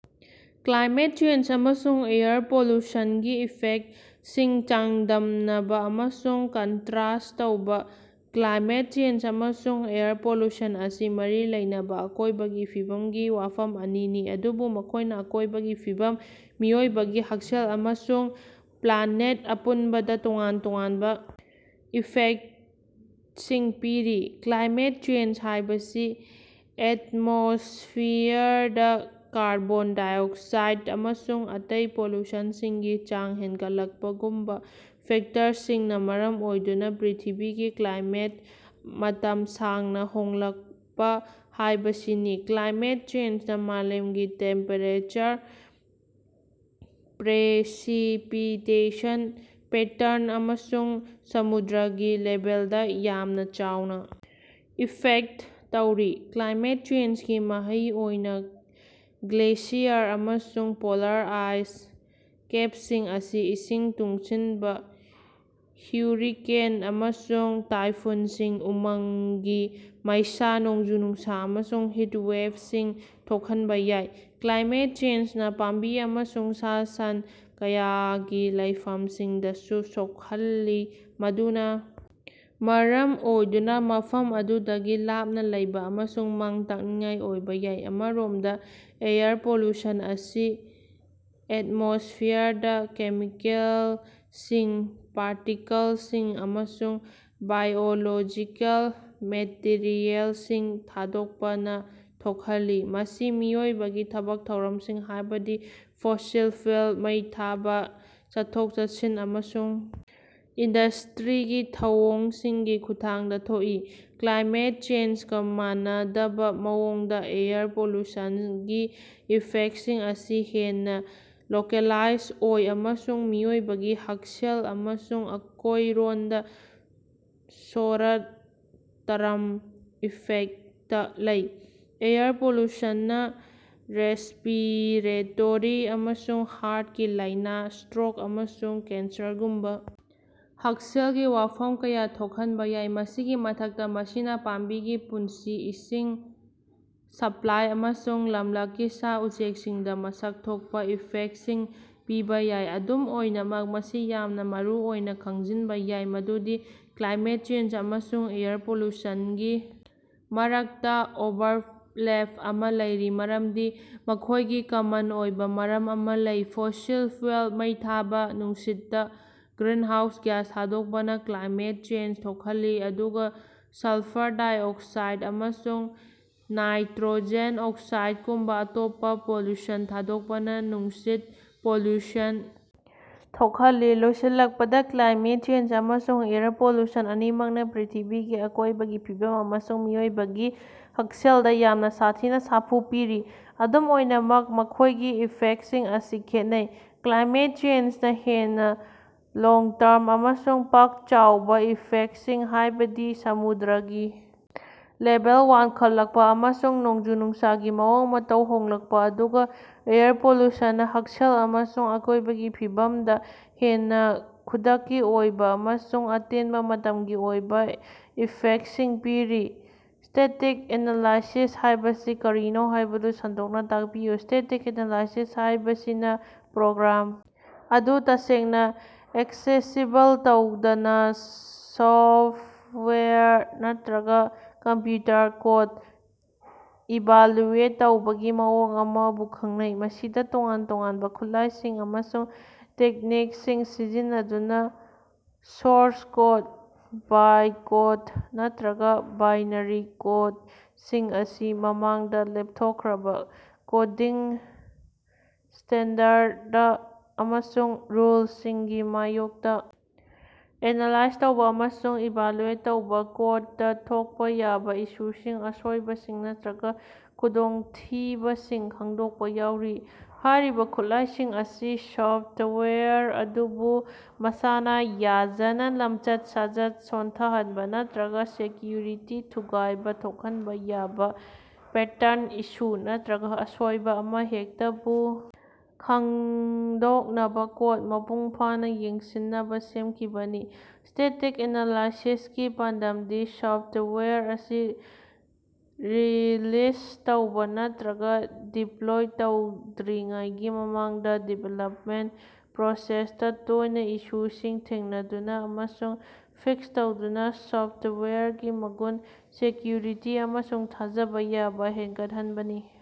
Climate change ꯑꯃꯁꯨꯡ air ꯄꯣꯂ꯭ꯌꯨꯁꯟꯒꯤ ꯏꯐꯦꯛꯇꯁꯤꯡ ꯆꯥꯡꯗꯝꯅꯕ ꯑꯃꯁꯨꯡ ꯀꯟꯇ꯭ꯔꯥꯁꯠ ꯇꯧꯕ- ꯀ꯭ꯂꯥꯏꯃꯦꯠ ꯆꯦꯟꯖ ꯑꯃꯁꯨꯡ ꯑꯦꯌꯔ ꯄꯣꯂ꯭ꯌꯨꯁꯟ ꯑꯁꯤ ꯃꯔꯤ ꯂꯩꯅꯕ ꯑꯀꯣꯏꯕꯒꯤ ꯐꯤꯕꯝꯒꯤ ꯋꯥꯐꯝ ꯑꯅꯤꯅꯤ ꯑꯗꯨꯕꯨ ꯃꯈꯣꯏꯅ ꯑꯀꯣꯏꯕꯒꯤ ꯐꯤꯕꯝ, ꯃꯤꯑꯣꯏꯕꯒꯤ ꯍꯛꯁꯦꯜ ꯑꯃꯁꯨꯡ ꯄ꯭ꯂꯥꯅꯦꯠ ꯑꯄꯨꯟꯕꯗ ꯇꯣꯉꯥꯟ ꯇꯣꯉꯥꯟꯕ ꯏꯐꯦꯛꯇꯁꯤꯡ ꯄꯤꯔꯤ꯫ ꯀ꯭ꯂꯥꯏꯃꯦꯠ ꯆꯦꯟꯖ ꯍꯥꯏꯕꯁꯤ ꯑꯦꯇꯃꯣꯁ꯭ꯐꯤꯌꯔꯗ ꯀꯥꯔꯕꯣꯟ -ꯗꯥꯏꯑꯣꯛꯁꯥꯏꯗ ꯑꯃꯁꯨꯡ ꯑꯇꯩ ꯄꯣꯂ꯭ꯌꯨꯁꯟꯁꯤꯡꯒꯤ ꯆꯥꯡ ꯍꯦꯟꯒꯠꯂꯛꯄꯒꯨꯝꯕ ꯐꯦꯛꯇꯔꯁꯤꯡꯅ ꯃꯔꯝ ꯑꯣꯏꯗꯨꯅ ꯄ꯭ꯔꯤꯊꯤꯕꯤꯒꯤ ꯀ꯭ꯂꯥꯏꯃꯦꯠꯇ ꯃꯇꯝ ꯁꯥꯡꯅ ꯍꯣꯡꯂꯛꯄ ꯍꯥꯏꯕꯁꯤꯅꯤ꯫ ꯀ꯭ꯂꯥꯏꯃꯦꯠ ꯆꯦꯟꯖꯅ ꯃꯥꯂꯦꯝꯒꯤ ꯇꯦꯝꯄꯦꯔꯦꯆꯔ, ꯄ꯭ꯔꯦꯁꯤꯄꯤꯇꯦꯁꯟ ꯄꯦꯇꯔꯟ ꯑꯃꯁꯨꯡ ꯁꯃꯨꯗ꯭ꯔꯒꯤ ꯂꯦꯚꯦꯜꯗ ꯌꯥꯝꯅ ꯆꯥꯎꯅ ꯏꯐꯦꯛꯇ ꯇꯧꯔꯤ꯫ ꯀ꯭ꯂꯥꯏꯃꯦꯠ ꯆꯦꯟꯖꯀꯤ ꯃꯍꯩ ꯑꯣꯏꯅ ꯒ꯭ꯂꯦꯁꯤꯌꯔ ꯑꯃꯁꯨꯡ ꯄꯣꯂꯔ ꯑꯥꯏꯁ ꯀꯦꯞꯁꯤꯡ ꯑꯁꯤ ꯏꯁꯤꯡ ꯇꯨꯡꯁꯤꯟꯕ, ꯍ꯭ꯌꯨꯔꯤꯀꯦꯟ ꯑꯃꯁꯨꯡ ꯇꯥꯏꯐꯨꯟꯁꯤꯡ, ꯎꯃꯪꯒꯤ ꯃꯩꯁꯥ, ꯅꯣꯡꯖꯨ-ꯅꯨꯡꯁꯥ ꯑꯃꯁꯨꯡ ꯍꯤꯠꯋꯦꯐꯁꯤꯡ ꯊꯣꯛꯍꯟꯕ ꯌꯥꯏ꯫ ꯀ꯭ꯂꯥꯏꯃꯦꯠ ꯆꯦꯟꯖꯅ ꯄꯥꯝꯕꯤ ꯑꯃꯁꯨꯡ ꯁꯥ-ꯁꯟ ꯀꯌꯥꯒꯤ ꯂꯩꯐꯝꯁꯤꯡꯗꯁꯨ ꯁꯣꯛꯍꯜꯂꯤ꯫ ꯃꯗꯨꯅ ꯃꯔꯝ ꯑꯣꯏꯗꯨꯅ ꯃꯐꯝ ꯑꯗꯨꯗꯒꯤ ꯂꯥꯞꯅ ꯂꯩꯕ ꯑꯃꯁꯨꯡ ꯃꯥꯡ-ꯇꯥꯛꯅꯤꯡꯉꯥꯏ ꯑꯣꯏꯕ ꯌꯥꯏ꯫ ꯑꯃꯔꯣꯝꯗ ꯑꯦꯌꯔ ꯄꯣꯂ꯭ꯌꯨꯁꯟ ꯑꯁꯤ ꯑꯦꯠꯃꯣꯁ꯭ꯐꯤꯌꯔꯗ ꯀꯦꯃꯤꯀꯦꯂꯁꯤꯡ, ꯄꯥꯔꯇꯤꯀꯜꯁꯤꯡ ꯑꯃꯁꯨꯡ ꯕꯥꯏꯑꯣꯂꯣꯖꯤꯀꯦꯜ ꯃꯦꯇꯤꯔꯤꯑꯦꯜꯁꯤꯡ ꯊꯥꯗꯣꯛꯄꯅ ꯊꯣꯛꯍꯜꯂꯤ꯫ ꯃꯁꯤ ꯃꯤꯑꯣꯏꯕꯒꯤ ꯊꯕꯛ ꯊꯧꯔꯝꯁꯤꯡ ꯍꯥꯏꯕꯗꯤ ꯐꯣꯁꯤꯜ ꯐꯨꯑꯦꯜ ꯃꯩ ꯊꯥꯕ, ꯆꯠꯊꯣꯛ-ꯆꯠꯁꯤꯟ ꯑꯃꯁꯨꯡ ꯏꯟꯗꯁꯇ꯭ꯔꯤꯒꯤ ꯊꯧꯑꯣꯡꯁꯤꯡꯒꯤ ꯈꯨꯠꯊꯥꯡꯗ ꯊꯣꯛꯏ꯫ ꯀ꯭ꯂꯥꯏꯃꯦꯠ ꯆꯦꯟꯖꯀ ꯃꯥꯟꯅꯗꯕ ꯃꯑꯣꯡꯗ ꯑꯦꯌꯔ ꯄꯣꯂ꯭ꯌꯨꯁꯟꯒꯤ ꯏꯐꯦꯛꯇꯁꯤꯡ ꯑꯁꯤ ꯍꯦꯟꯅ ꯂꯣꯀꯦꯜꯂꯥꯏꯖ ꯑꯣꯏ ꯑꯃꯁꯨꯡ ꯃꯤꯑꯣꯏꯕꯒꯤ ꯍꯛꯁꯦꯜ ꯑꯃꯁꯨꯡ ꯑꯀꯣꯏꯔꯣꯟꯗ ꯁꯣꯔꯠ ꯇꯔꯝ ꯏꯐꯦꯛꯇ ꯂꯩ꯫ ꯑꯦꯌꯔ ꯄꯣꯂ꯭ꯌꯨꯁꯟꯅ ꯔꯦꯁ꯭ꯄꯤꯔꯦꯇꯣꯔꯤ ꯑꯃꯁꯨꯡ ꯍꯥꯔꯠꯀꯤ ꯂꯥꯏꯅꯥ, ꯁꯇ꯭ꯔꯣꯛ ꯑꯃꯁꯨꯡ ꯀꯦꯟꯁꯔꯒꯨꯝꯕ ꯍꯛꯁꯦꯜꯒꯤ ꯋꯥꯐꯝ ꯀꯌꯥ ꯊꯣꯛꯍꯟꯕ ꯌꯥꯏ꯫ ꯃꯁꯤꯒꯤ ꯃꯊꯛꯇ ꯃꯁꯤꯅ ꯄꯥꯝꯕꯤꯒꯤ ꯄꯨꯟꯁꯤ, ꯏꯁꯤꯡ ꯁꯄ꯭ꯂꯥꯏ ꯑꯃꯁꯨꯡ ꯂꯝꯂꯛꯀꯤ ꯁꯥ-ꯎꯆꯦꯛꯁꯤꯡꯗ ꯃꯁꯛ ꯊꯣꯛꯄꯥ ꯏꯐꯦꯛꯇꯁꯤꯡ ꯄꯤꯕ ꯌꯥꯏ꯫ ꯑꯗꯨꯝ ꯑꯣꯏꯅꯃꯛ ꯃꯁꯤ ꯌꯥꯝꯅ ꯃꯔꯨꯑꯣꯏꯅ ꯈꯪꯖꯤꯟꯕ ꯌꯥꯏ ꯃꯗꯨꯗꯤ ꯀ꯭ꯂꯥꯏꯃꯦꯠ ꯆꯦꯟꯖ ꯑꯃꯁꯨꯡ ꯑꯦꯌꯔ ꯄꯣꯂ꯭ꯌꯨꯁꯟꯒꯤ ꯃꯔꯛꯇ ꯑꯣꯚꯔꯂꯦꯞ ꯑꯃ ꯂꯩꯔꯤ ꯃꯔꯝꯗꯤ ꯃꯈꯣꯏꯒꯤ ꯀꯃꯟ ꯑꯣꯏꯕ ꯃꯔꯝ ꯑꯃ ꯂꯩ꯫ ꯐꯣꯁꯤꯜ ꯐꯨꯑꯦꯜ ꯃꯩ ꯊꯥꯕꯥ, ꯅꯨꯡꯁꯤꯠꯇ ꯒ꯭ꯔꯤꯟꯍꯥꯎꯁ ꯒ꯭ꯌꯥꯁ ꯊꯥꯗꯣꯛꯄꯅ ꯀ꯭ꯂꯥꯏꯃꯦꯠ ꯆꯦꯟꯖ ꯊꯣꯛꯍꯜꯂꯤ ꯑꯗꯨꯒ ꯁꯜꯐꯔ -ꯗꯥꯏꯑꯣꯛꯁꯥꯏꯗ ꯑꯃꯁꯨꯡ ꯅꯥꯏꯇ꯭ꯔꯣꯖꯦꯟ- ꯑꯣꯛꯁꯥꯏꯗꯀꯨꯝꯕ ꯑꯇꯣꯞꯄ ꯄꯣꯂ꯭ꯌꯨꯁꯟ ꯊꯥꯗꯣꯛꯄꯅ ꯅꯨꯡꯁꯤꯠ ꯄꯣꯂ꯭ꯌꯨꯁꯟ ꯊꯣꯛꯍꯜꯂꯤ꯫ ꯂꯣꯏꯁꯤꯜꯂꯛꯄꯗ, ꯀ꯭ꯂꯥꯏꯃꯦꯠ ꯆꯦꯟꯖ ꯑꯃꯁꯨꯡ ꯑꯦꯌꯔ ꯄꯣꯂ꯭ꯌꯨꯁꯟ ꯑꯅꯤꯃꯛꯅ ꯄ꯭ꯔꯤꯊꯤꯕꯤꯒꯤ ꯑꯀꯣꯏꯕꯒꯤ ꯐꯤꯕꯝ ꯑꯃꯁꯨꯡ ꯃꯤꯑꯣꯏꯕꯒꯤ ꯍꯛꯁꯦꯜꯗ ꯌꯥꯝꯅ ꯁꯥꯊꯤꯅ ꯁꯥꯐꯨ ꯄꯤꯔꯤ꯫ ꯑꯗꯨꯝ ꯑꯣꯏꯅꯃꯛ ꯃꯈꯣꯏꯒꯤ ꯏꯐꯦꯛꯇꯁꯤꯡ ꯑꯁꯤ ꯈꯦꯠꯅꯩ꯫ ꯀ꯭ꯂꯥꯏꯃꯦꯠ ꯆꯦꯟꯖꯅ ꯍꯦꯟꯅ ꯂꯣꯡ-ꯇꯔꯝ ꯑꯃꯁꯨꯡ ꯄꯥꯛ-ꯆꯥꯎꯕ ꯏꯐꯦꯛꯇꯁꯤꯡ ꯍꯥꯏꯕꯗꯤ ꯁꯃꯨꯗ꯭ꯔꯒꯤ ꯂꯦꯚꯦꯜ ꯋꯥꯡꯈꯠꯂꯛꯄ ꯑꯃꯁꯨꯡ ꯅꯣꯡꯖꯨ-ꯅꯨꯡꯁꯥꯒꯤ ꯃꯑꯣꯡ-ꯃꯇꯧ ꯍꯣꯡꯂꯛꯄ ꯑꯗꯨꯒ ꯑꯦꯌꯔ ꯄꯣꯂ꯭ꯌꯨꯁꯟꯅ ꯍꯛꯁꯦꯜ ꯑꯃꯁꯨꯡ ꯑꯀꯣꯏꯕꯒꯤ ꯐꯤꯕꯝꯗ ꯍꯦꯟꯅ ꯈꯨꯗꯛꯀꯤ ꯑꯣꯏꯕ ꯑꯃꯁꯨꯡ ꯑꯇꯦꯟꯕ ꯃꯇꯝꯒꯤ ꯑꯣꯏꯕ ꯏꯐꯦꯛꯇꯁꯤꯡ ꯄꯤꯔꯤ꯫ ꯁ꯭ꯇꯦꯇꯤꯛ ꯑꯦꯅꯂꯥꯏꯁꯤꯁ ꯍꯥꯏꯕꯁꯤ ꯀꯔꯤꯅꯣ ꯍꯥꯏꯕꯗꯨ ꯁꯟꯗꯣꯛꯅ ꯇꯥꯛꯄꯤꯌꯨ꯫ ꯁ꯭ꯇꯦꯇꯤꯛ ꯑꯦꯅꯂꯥꯏꯁꯤꯁ ꯍꯥꯏꯕꯁꯤꯅ ꯄ꯭ꯔꯣꯒ꯭ꯔꯥꯝ ꯑꯗꯨ ꯇꯁꯦꯡꯅ ꯑꯦꯛꯁꯦꯁꯤꯕꯜ ꯇꯧꯗꯅ ꯁꯣꯐꯠꯋꯦꯔ ꯅꯠꯇ꯭ꯔꯒ ꯀꯝꯄ꯭ꯌꯨꯇꯔ ꯀꯣꯗ ꯏꯚꯥꯂ꯭ꯌꯨꯑꯦꯠ ꯇꯧꯕꯒꯤ ꯃꯑꯣꯡ ꯑꯃꯕꯨ ꯈꯪꯅꯩ꯫ ꯃꯁꯤꯗ ꯇꯣꯉꯥꯟ-ꯇꯣꯉꯥꯟꯕ ꯈꯨꯠꯂꯥꯏꯁꯤꯡ ꯑꯃꯁꯨꯡ ꯇꯦꯛꯅꯤꯛꯁꯤꯡ ꯁꯤꯖꯤꯟꯅꯗꯨꯅ ꯁꯣꯔꯁ ꯀꯣꯗ, ꯕꯥꯏꯠꯀꯣꯗ ꯅꯠꯇ꯭ꯔꯒ ꯕꯥꯏꯅꯔꯤ ꯀꯣꯗꯁꯤꯡ ꯑꯁꯤ ꯃꯃꯥꯡꯗ ꯂꯦꯞꯊꯣꯛꯈ꯭ꯔꯕ ꯀꯣꯗꯤꯡ ꯁ꯭ꯇꯦꯟꯗꯔꯗ ꯑꯃꯁꯨꯡ ꯔꯨꯜꯁꯤꯡꯒꯤ ꯃꯥꯏꯌꯣꯛꯇ ꯑꯦꯅꯂꯥꯏꯖ ꯇꯧꯕ ꯑꯃꯁꯨꯡ ꯏꯚꯥꯂꯨꯑꯦꯠ ꯇꯧꯕ, ꯀꯣꯗꯇ ꯊꯣꯛꯄ ꯌꯥꯕ ꯏꯁꯨꯁꯤꯡ, ꯑꯁꯣꯏꯕꯁꯤꯡ ꯅꯠꯇ꯭ꯔꯒ ꯈꯨꯗꯣꯡꯊꯤꯕꯁꯤꯡ ꯈꯪꯗꯣꯛꯄ ꯌꯥꯎꯔꯤ꯫ ꯍꯥꯏꯔꯤꯕ ꯈꯨꯠꯂꯥꯏꯁꯤꯡ ꯑꯁꯤ ꯁꯣꯐꯇꯋꯦꯌꯔ ꯑꯗꯨꯕꯨ ꯃꯁꯥꯅ ꯌꯥꯖꯅ ꯂꯝꯆꯠ-ꯁꯥꯖꯠ ꯁꯣꯟꯊꯍꯟꯕ ꯅꯠꯇ꯭ꯔꯒ ꯁꯦꯀ꯭ꯌꯨꯔꯤꯇꯤ ꯊꯨꯒꯥꯏꯕ ꯊꯣꯛꯍꯟꯕ ꯌꯥꯕ ꯄꯦꯇꯔꯟ, ꯏꯁꯨ ꯅꯠꯇ꯭ꯔꯒ ꯑꯁꯣꯏꯕ ꯑꯃꯍꯦꯛꯇꯕꯨ ꯈꯪꯗꯣꯛꯅꯕ ꯀꯣꯗ ꯃꯄꯨꯡꯐꯥꯅ ꯌꯦꯡꯁꯤꯟꯅꯕ ꯁꯦꯝꯈꯤꯕꯅꯤ꯫ ꯁ꯭ꯇꯦꯇꯤꯛ ꯑꯦꯅꯂꯥꯏꯁꯤꯁꯀꯤ ꯄꯥꯟꯗꯝꯗꯤ ꯁꯣꯐꯇꯋꯦꯌꯔ ꯑꯁꯤ ꯔꯤꯂꯤꯖ ꯇꯧꯕ ꯅꯠꯇ꯭ꯔꯒ ꯗꯤꯄ꯭ꯂꯣꯏ ꯇꯧꯗ꯭ꯔꯤꯉꯩꯒꯤ ꯃꯃꯥꯡꯗ ꯗꯤꯚꯦꯂꯞꯃꯦꯟꯇ ꯄ꯭ꯔꯣꯁꯦꯁꯇ ꯇꯣꯏꯅ ꯏꯁꯨꯁꯤꯡ ꯊꯦꯡꯅꯗꯨꯅ ꯑꯃꯁꯨꯡ ꯐꯤꯛꯁ ꯇꯧꯗꯨꯅ ꯁꯣꯐꯇꯋꯦꯌꯔꯒꯤ ꯃꯒꯨꯟ, ꯁꯦꯀ꯭ꯌꯨꯔꯤꯇꯤ ꯑꯃꯁꯨꯡ ꯊꯥꯖꯕ ꯌꯥꯕ ꯍꯦꯟꯒꯠꯍꯟꯕꯅꯤ꯫